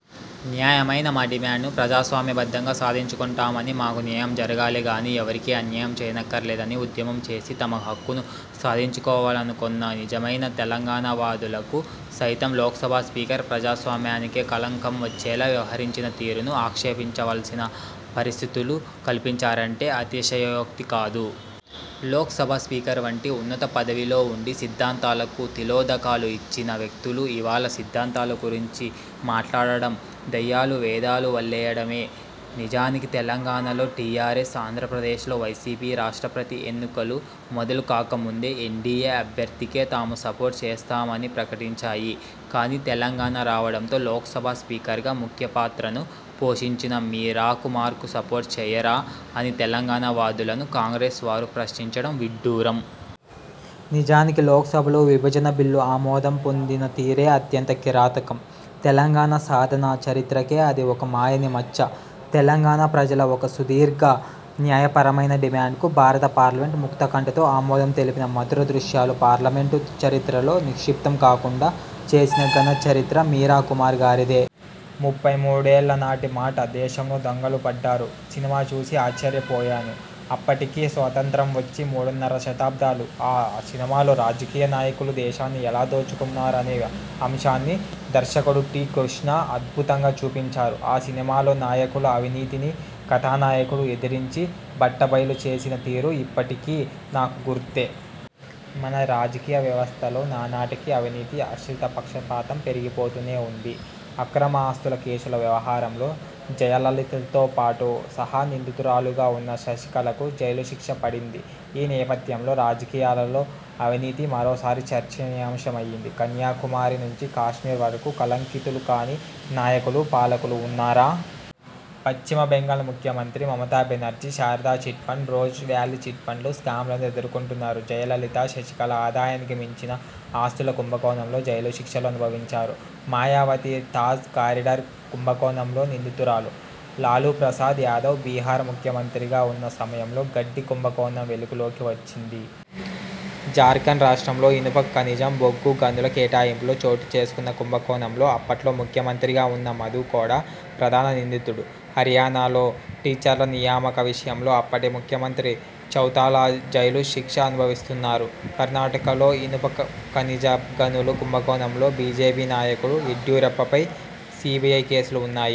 న్యాయమైన మా డిమాండ్ను ప్రజాస్వామ్య బద్ధంగా సాధించుకొంటామనీ, మాకు న్యాయం జరగాలి గానీ ఎవరికీ అన్యాయం చేయనక్కర్లేదని ఉద్యమం చేసి తమ హక్కును సాధించుకోవాలనుకొన్న నిజమైన తెలంగాణవాదులకు సైతం– లోక్సభ స్పీకర్ ప్రజాస్వామ్యానికే కళంకం వచ్చేలా వ్యహరించిన తీరును -ఆక్షేపించవలసిన పరిస్థితులు కల్పించారంటే అతిశయోక్తి కాదు. లోక్సభ స్పీకర్ వంటి ఉన్నత పదవిలో ఉండి సిద్ధాంతాలకు తిలోదకాలు ఇచ్చిన వ్యక్తులు ఇవాళ సిద్ధాంతాలు గురించి మాట్లాడడం దెయ్యాలు వేదాలు వల్లెవేయడమే. నిజానికి తెలంగాణలో టీఆర్ఎస్, ఆంధ్రప్రదేశ్లో వైసీపీ రాష్ట్రపతి ఎన్నికలు మొదలు కాకముందే ఎన్డీయే అభ్యర్థికే తాము సపోర్ట్ చేస్తామని ప్రకటించాయి. కానీ తెలంగాణ రావడంలో లోక్సభ స్పీకర్ గా ముఖ్యపాత్రను పోషించిన మీరాకుమార్కు సపోర్ట్ చేయరా అని తెలంగాణ వాదులను కాంగ్రెస్ వారు ప్రశ్నించడం విడ్డూరం. నిజానికి లోక్సభలో విభజన బిల్లు ఆమోదం పొందిన తీరే అత్యంత కిరాతకం. తెలంగాణ సాధన చరిత్రకే అది ఒక మాయని మచ్చ. తెలంగాణ ప్రజల ఒక సుదీర్ఘ, న్యాయపరమైన డిమాండ్కు భారత పార్లమెంట్ ముక్తకంఠంతో ఆమోదం తెలిపిన మధుర దృశ్యాలు పార్లమెంటు చరిత్రలో నిక్షిప్తం కాకుండా చేసిన ఘన చరిత్ర మీరాకుమార్ గారిదే. ముప్పై మూడేళ్ళ నాటి మాట. 'దేశంలో దొంగలు పడ్డారు' సినిమా చూసి ఆశ్చర్యపోయాను. అప్పటికి స్వాతంత్రం వచ్చి మూడున్నర దశాబ్దాలు. ఆ సినిమాలో రాజకీయ నాయకులు దేశాన్ని ఎలా దోచుకుంటున్నారనే అంశాన్ని దర్శకుడు టి. కృష్ణ అద్భుతంగా చూపించారు. ఆ సినిమాలో నాయకుల అవినీతిని కథానాయకుడు ఎదిరించి, బట్టబయలు చేసిన తీరు ఇప్పటికీ నాకు గుర్తే. మన రాజకీయ వ్యవస్థలో నానాటికీ అవినీతి, ఆశ్రిత పక్షపాతం పెరిగిపోతూనే ఉంది. అక్రమ ఆస్తుల కేసుల వ్యవహారంలో జయలలితతో పాటు సహ నిందితురాలిగా ఉన్న శశికళకు జైలు శిక్ష పడింది. ఈ నేపథ్యంలో రాజకీయాలలో అవినీతి మరోసారి చర్చనీయాంశమయింది. కన్యాకుమారి నుంచి కశ్మీర్ వరకు కళంకితులు కాని నాయకులు, పాలకులు వున్నారా? పశ్చిమ బెంగాల్ ముఖ్యమంత్రి Mamata Banerjee Sharada chit fund, rose valley chit fund స్కామ్లను ఎదుర్కొంటున్నారు. జయలలిత, శశికళ ఆదాయానికి మించిన ఆస్తుల కుంభకోణంలో జైలు శిక్షలు అనుభవించారు. మాయావతి తాజ్ కారిడార్ కుంభకోణంలో నిందితురాలు. లాలూ ప్రసాద్ యాదవ్ బిహార్ ముఖ్యమంత్రిగా వున్న సమయంలో గడ్డి కుంభకోణం వెలుగులోకి వచ్చింది. జార్ఖండ్ రాష్ట్రంలో ఇనుప ఖనిజం, బొగ్గు గనుల కేటాయింపులో చోటుచేసుకున్న కుంభకోణంలో అప్పట్లో ముఖ్యమంత్రిగా ఉన్న మధు కోడా ప్రధాన నిందితుడు. హర్యానాలో టీచర్ల నియామక విషయంలో అప్పటి ముఖ్యమంత్రి చౌతాలా జైలు శిక్ష అనుభవిస్తున్నారు. కర్ణాటకలో ఇనుప ఖనిజ గనుల కుంభకోణంలో బీజేపీ నాయకుడు యడ్యూరప్పపై సీబీఐ కేసులు ఉన్నాయి.